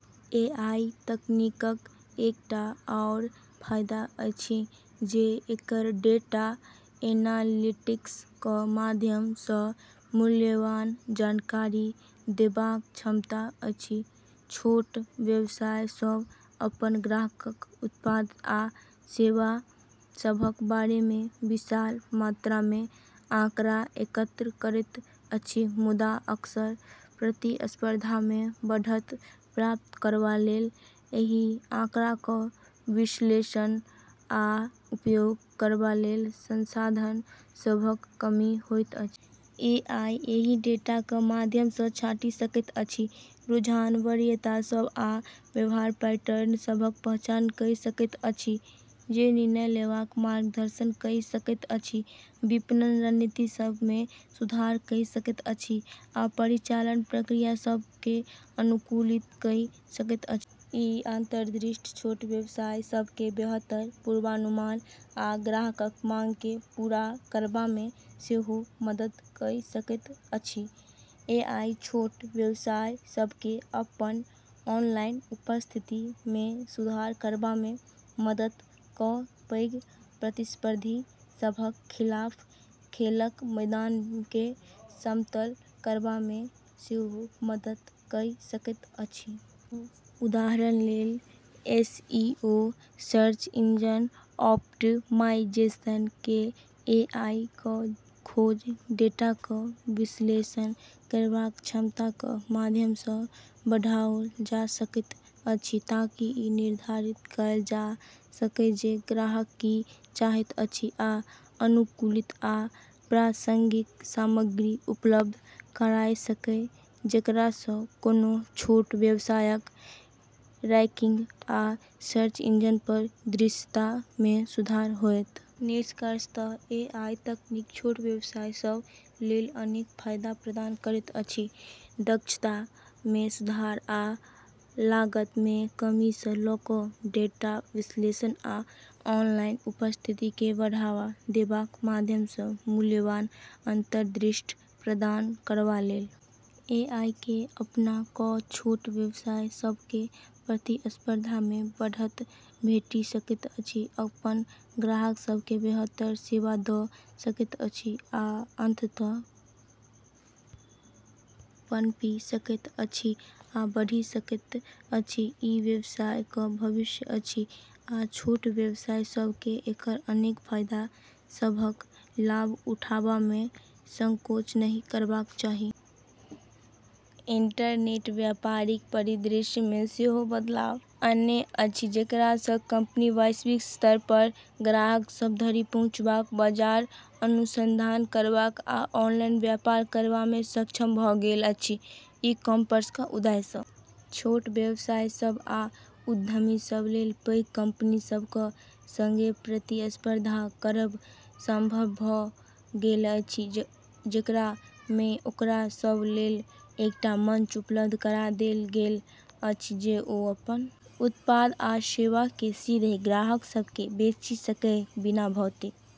AI तकनीकक एकटा आओर फायदा अछि जे एकर डेटा एनालिटिक्स क माध्यम सँ मूल्यवान जानकारी देबाक क्षमता अछि। छोट व्यवसाय सभ अपन ग्राहकक, उत्पाद आ सेवा सभक बारे मे विशाल मात्रामे आँकड़ा एकत्र करैत अछि, मुदा अक्सर प्रतिस्पर्धा मे बढ़त प्राप्त करबा लेल एहि आँकड़ाक विश्लेषण आ उपयोग करबा लेल संसाधन सभक कमी होइत अछि। एआई एहि डेटाक माध्यम सँ छाँटि सकैत अछि, रुझान, वरीयता सभ, आ व्यवहार पैटर्न सभक पहचान कइ सकैत अछि जे निर्णय लेबाक मार्गदर्शन कइ सकैत अछि, विपणन रणनीति सभ मे सुधार कइ सकैत अछि, आ परिचालन प्रक्रिया सभ केँ अनुकूलित कइ सकैत अछि। ई अंतर्दृष्टि छोट व्यवसाय सभ केँ बेहतर पूर्वानुमान आ ग्राहकक माँग केँ पूरा करबामे सेहो मदद कइ सकैत अछि। एआई छोट व्यवसाय सभ केँ अपन ऑनलाइन उपस्थिति मे सुधार करबामे मदद कऽ पैघ प्रतिस्पर्धी सभक खिलाफ खेलक मैदान केँ समतल करबामे सेहो मदद कइ सकैत अछि। उदाहरण लेल, एसईओ (सर्च इंजन ऑप्टिमाइजेशन) केँ एआई क खोज डेटाक विश्लेषण करबाक क्षमताक माध्यम सँ बढ़ाओल जा सकैत अछि ताकि ई निर्धारित कएल जा सकए जे ग्राहक की चाहैत अछि आ अनुकूलित आ प्रासंगिक सामग्री उपलब्ध कराए सकए, जेकरा सँ कोनो छोट व्यवसायक रैंकिंग आ सर्च इंजन पर दृश्यता मे सुधार होएत। निष्कर्षतः, एआई तकनीक छोट व्यवसाय सभ लेल अनेक फायदा प्रदान करैत अछि, दक्षता मे सुधार आ लागत मे कमी सँ लऽ कऽ डेटा विश्लेषण आ ऑनलाइन उपस्थिति केँ बढ़ावा देबाक माध्यम सँ मूल्यवान अंतर्दृष्टि प्रदान करबा लेल। एआई केँ अपना कऽ छोट व्यवसाय सभ केँ प्रतिस्पर्धा मे बढ़त भेटि सकैत अछि, अपन ग्राहक सभ केँ बेहतर सेवा दऽ सकैत अछि, आ अंततः पनपि सकैत अछि आ बढ़ि सकैत अछि। ई व्यवसाय क भविष्य अछि, आ छोट व्यवसाय सभ केँ एकर अनेक फायदा सभक लाभ उठाबबामे संकोच नहि करबाक चाही। इंटरनेट व्यापारिक परिदृश्य मे सेहो बदलाव आनने अछि, जेकरा सँ कंपनी वैश्विक स्तर पर ग्राहक सभ धरि पहुँचबाक, बाजार अनुसंधान करबाक, आ ऑनलाइन व्यापार करबामे सक्षम भऽ गेल अछि। ई-कॉमर्स क उदय सँ छोट व्यवसाय सभ आ उद्यमी सभ लेल पैघ कंपनी सभ क संगे प्रतिस्पर्धा करब संभव भऽ गेल अछि, जेकरा मे ओकरा सभ लेल एकटा मंच उपलब्ध करा देल गेल अछि जे ओ अपन उत्पाद आ सेवा केँ सीधे ग्राहक सभ केँ बेचि सकए, बिना भौतिक